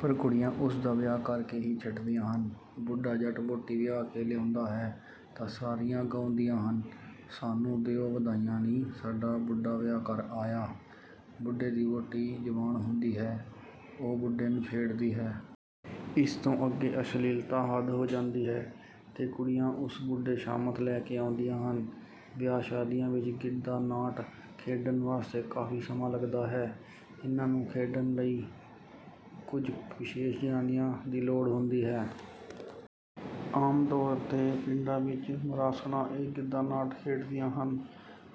ਪਰ ਕੁੜੀਆਂ ਉਸ ਦਾ ਵਿਆਹ ਕਰ ਕੇ ਹੀ ਛੱਡਦੀਆਂ ਹਨ। ਬੁੱਢਾ ਜਦ ਵਹੁਟੀ ਵਿਆਹ ਕੇ ਲਿਆਉਂਦਾ ਹੈ ਤਾਂ ਸਾਰੀਆਂ ਗਾਉਂਦੀਆਂ ਹਨ: ਸਾਨੂੰ ਦੇਵੋ ਵਧਾਈਆਂ ਨੀ, ਸਾਡਾ ਬੁੱਢਾ ਵਿਆਹ ਘਰ ਆਇਆ। ਬੁੱਢੇ ਦੀ ਵਹੁਟੀ ਜਵਾਨ ਹੁੰਦੀ ਹੈ, ਉਹ ਬੁੱਢੇ ਨੂੰ ਛੇੜਦੀ ਹੈ। ਇਸ ਤੋਂ ਅੱਗੇ ਅਸ਼ਲੀਲਤਾ ਹੱਦ ਹੋ ਜਾਂਦੀ ਹੈ ਤੇ ਕੁੜੀਆਂ ਉਸ ਬੁੱਢੇ ਸ਼ਾਮਤ ਲੈ ਆਉਂਦੀਆਂ ਹਨ। ਵਿਆਹ ਸ਼ਾਦੀਆਂ ਵਿੱਚ ਗਿੱਧਾ ਨਾਟ ਖੇਡਣ ਵਾਸਤੇ ਕਾਫ਼ੀ ਸਮਾਂ ਲੱਗਦਾ ਹੈ। ਇਨ੍ਹਾਂ ਨੂੰ ਖੇਡਣ ਲਈ ਕਈ ਕੁੱਝ ਵਿਸ਼ੇਸ਼ ਜ਼ਨਾਨੀਆਂ ਦੀ ਲੋੜ ਹੁੰਦੀ ਹੈ। ਆਮ ਤੌਰ ਤੇ ਪਿੰਡਾਂ ਵਿੱਚ ਮਰਾਸਣਾਂ ਇਹ ਗਿੱਧਾ ਨਾਟ ਖੇਡਦੀਆਂ ਹਨ।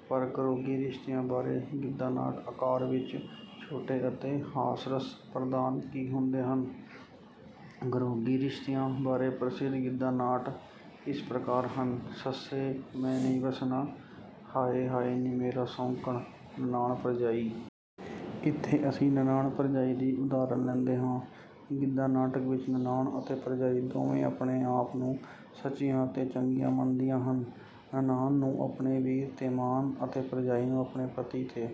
ਪਰ ਘਰੋਗੀ ਰਿਸ਼ਤਿਆਂ ਬਾਰੇ ਗਿੱਧਾ ਨਾਟ ਆਕਾਰ ਵਿੱਚ ਛੋਟੇ ਅਤੇ ਹਾਸ-ਰਸ ਪ੍ਰਧਾਨ ਹੁੰਦੇ ਹਨ। ਘਰੋਗੀ ਰਿਸ਼ਤਿਆਂ ਬਾਰੇ ਪ੍ਰਸਿੱਧ ਗਿੱਧਾ ਨਾਟ ਇਸ ਪ੍ਰਕਾਰ ਹਨ: ਸੱਸੇ ਮੈਂ ਨਹੀਂ ਵੱਸਣਾ, ਹਾਏ ਹਾਏ ਨੀ ਮੇਰੀ ਸੌਂਕਣ, ਨਨਾਣ ਭਰਜਾਈ। ਇੱਥੋਂ ਅਸੀਂ ਨਨਾਣ ਭਰਜਾਈ ਦੀ ਉਦਾਹਰਨ ਲੈਂਦੇ ਹਾਂ। ਗਿੱਧਾ ਨਾਟਕ ਵਿੱਚ ਨਨਾਣ ਅਤੇ ਭਰਜਾਈ ਦੋਵੇਂ ਆਪਣੇ ਆਪ ਨੂੰ ਸੱਚੀਆਂ ਅਤੇ ਚੰਗੀਆਂ ਮੰਨਦੀਆਂ ਹਨ। ਨਨਾਣ ਨੂੰ ਆਪਣੇ ਵੀਰ ਤੇ ਮਾਣ ਅਤੇ ਭਰਜਾਈ ਨੂੰ ਆਪਣੇ ਪਤੀ ਤੇ।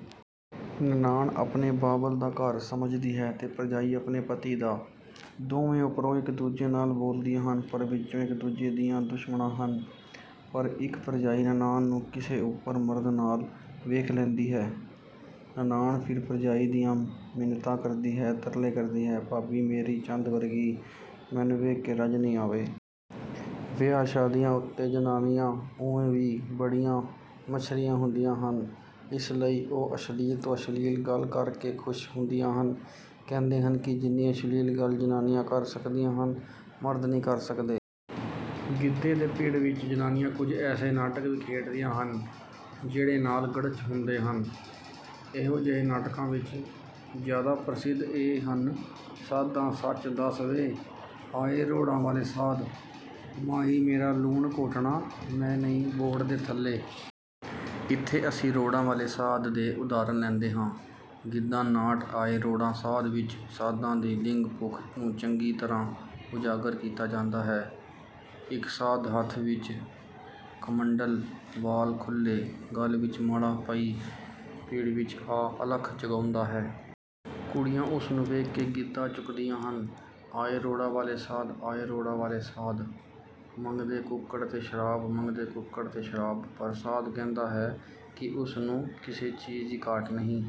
ਨਨਾਣ ਆਪਣੇ ਬਾਬਲ ਦਾ ਘਰ ਸਮਝਦੀ ਹੈ ਤੇ ਭਰਜਾਈ ਆਪਣੇ ਪਤੀ ਦਾ। ਦੋਵੇਂ ਉੱਪਰੋਂ ਇੱਕ ਦੂਜੇ ਨਾਲ ਬੋਲਦੀਆਂ ਹਨ ਪਰ ਵਿੱਚੋਂ ਇੱਕ ਦੂਜੇ ਦੀਆਂ ਦੁਸ਼ਮਣਾਂ ਹਨ। ਪਰ ਇੱਕ ਭਰਜਾਈ ਨਨਾਣ ਨੂੰ ਕਿਸੇ ਓਪਰੇ ਮਰਦ ਨਾਲ ਵੇਖ ਲੈਂਦੀ ਹੈ, ਨਨਾਣ ਫਿਰ ਭਰਜਾਈ ਦੀਆਂ ਮਿੰਨਤਾਂ ਕਰਦੀ ਹੈ, ਤਰਲੇ ਕਰਦੀ ਹੈ: ਭਾਬੀ ਮੇਰੀ ਚੰਦ ਵਰਗੀ, ਮੈਨੂੰ ਵੇਖ ਕੇ ਰੱਜ ਨੀ ਆਵੇ। ਵਿਆਹ ਸ਼ਾਦੀਆਂ ਉੱਤੇ ਜ਼ਨਾਨੀਆਂ ਉਂਞ ਵੀ ਬੜੀਆਂ ਮੱਛਰੀਆਂ ਹੁੰਦੀਆਂ ਹਨ। ਇਸ ਲਈ ਉਹ ਅਸ਼ਲੀਲ ਤੋਂ ਅਸ਼ਲੀਲ ਗੱਲ ਕਰ ਕੇ ਖ਼ੁਸ਼ ਹੁੰਦੀਆਂ ਹਨ। ਕਹਿੰਦੇ ਹਨ ਕਿ ਜਿੰਨੀ ਅਸ਼ਲੀਲ ਗੱਲ ਜ਼ਨਾਨੀਆਂ ਕਰ ਸਕਦੀਆਂ ਹਨ, ਮਰਦ ਨਹੀਂ ਕਰ ਸਕਦੇ। ਗਿੱਧੇ ਦੇ ਪਿੜ ਵਿੱਚ ਜ਼ਨਾਨੀਆਂ ਕੁੱਝ ਐਸੇ ਨਾਟਕ ਵੀ ਖੇਡਦੀਆਂ ਹਨ ਜਿਹੜੇ ਨਾਲ ਗੜੁੱਚ ਹੁੰਦੇ ਹਨ। ਇਹੋ ਜਿਹੇ ਨਾਟਕਾਂ ਵਿੱਚ ਜ਼ਿਆਦਾ ਪ੍ਰਸਿੱਧ ਇਹ ਹਨ: ਸਾਧਾ ਸੱਚ ਦੱਸ ਵੇ, ਆਏ ਰੋੜਾਂ ਵਾਲੇ ਸਾਧ, ਮਾਹੀ ਮੇਰਾ ਲੂਣ ਘੋਟਣਾ, ਮੈਂ ਖੜੀ ਬੋਹੜ ਦੇ ਥੱਲੇ। ਇੱਥੇ ਅਸੀਂ ਰੋੜਾਂ ਵਾਲੇ ਸਾਧ ਦੇ ਉਦਾਹਰਨ ਲੈਂਦੇ ਹਾਂ। ਗਿੱਧਾ ਨਾਟ 'ਆਏ ਰੋੜਾਂ ਸਾਧ ਵਿੱਚ' ਸਾਧਾਂ ਦੀ ਲਿੰਗ ਭੁੱਖ ਨੂੰ ਚੰਗੀ ਤਰ੍ਹਾਂ ਉਜਾਗਰ ਕੀਤਾ ਜਾਂਦਾ ਹੈ। ਇੱਕ ਸਾਧ ਹੱਥ ਵਿੱਚ ਕਮੰਡਲ, ਵਾਲ ਖੁੱਲ੍ਹੇ, ਗਲ ਵਿੱਚ ਮਾਲਾ ਪਾਈ ਪਿੜ ਵਿੱਚ ਆ ਅਲਖ ਜਗਾਉਂਦਾ ਹੈ। ਕੁੜੀਆਂ ਉਸ ਨੂੰ ਵੇਖ ਕੇ ਗਿੱਧਾ ਚੁੱਕਦੀਆਂ ਹਨ: ਆਏ ਰੋੜਾਂ ਵਾਲੇ ਸਾਧ, ਆਏ ਰੋੜਾਂ ਵਾਲੇ ਸਾਧ, ਮੰਗਦੇ ਕੁੱਕੜ ਤੇ ਸ਼ਰਾਬ, ਮੰਗਦੇ ਕੁੱਕੜ ਤੇ ਸ਼ਰਾਬ। ਪਰ ਸਾਧ ਕਹਿੰਦਾ ਹੈ ਕਿ ਉਸ ਨੂੰ ਕਿਸੇ ਚੀਜ਼ ਦੀ ਘਾਟ ਨਹੀਂ।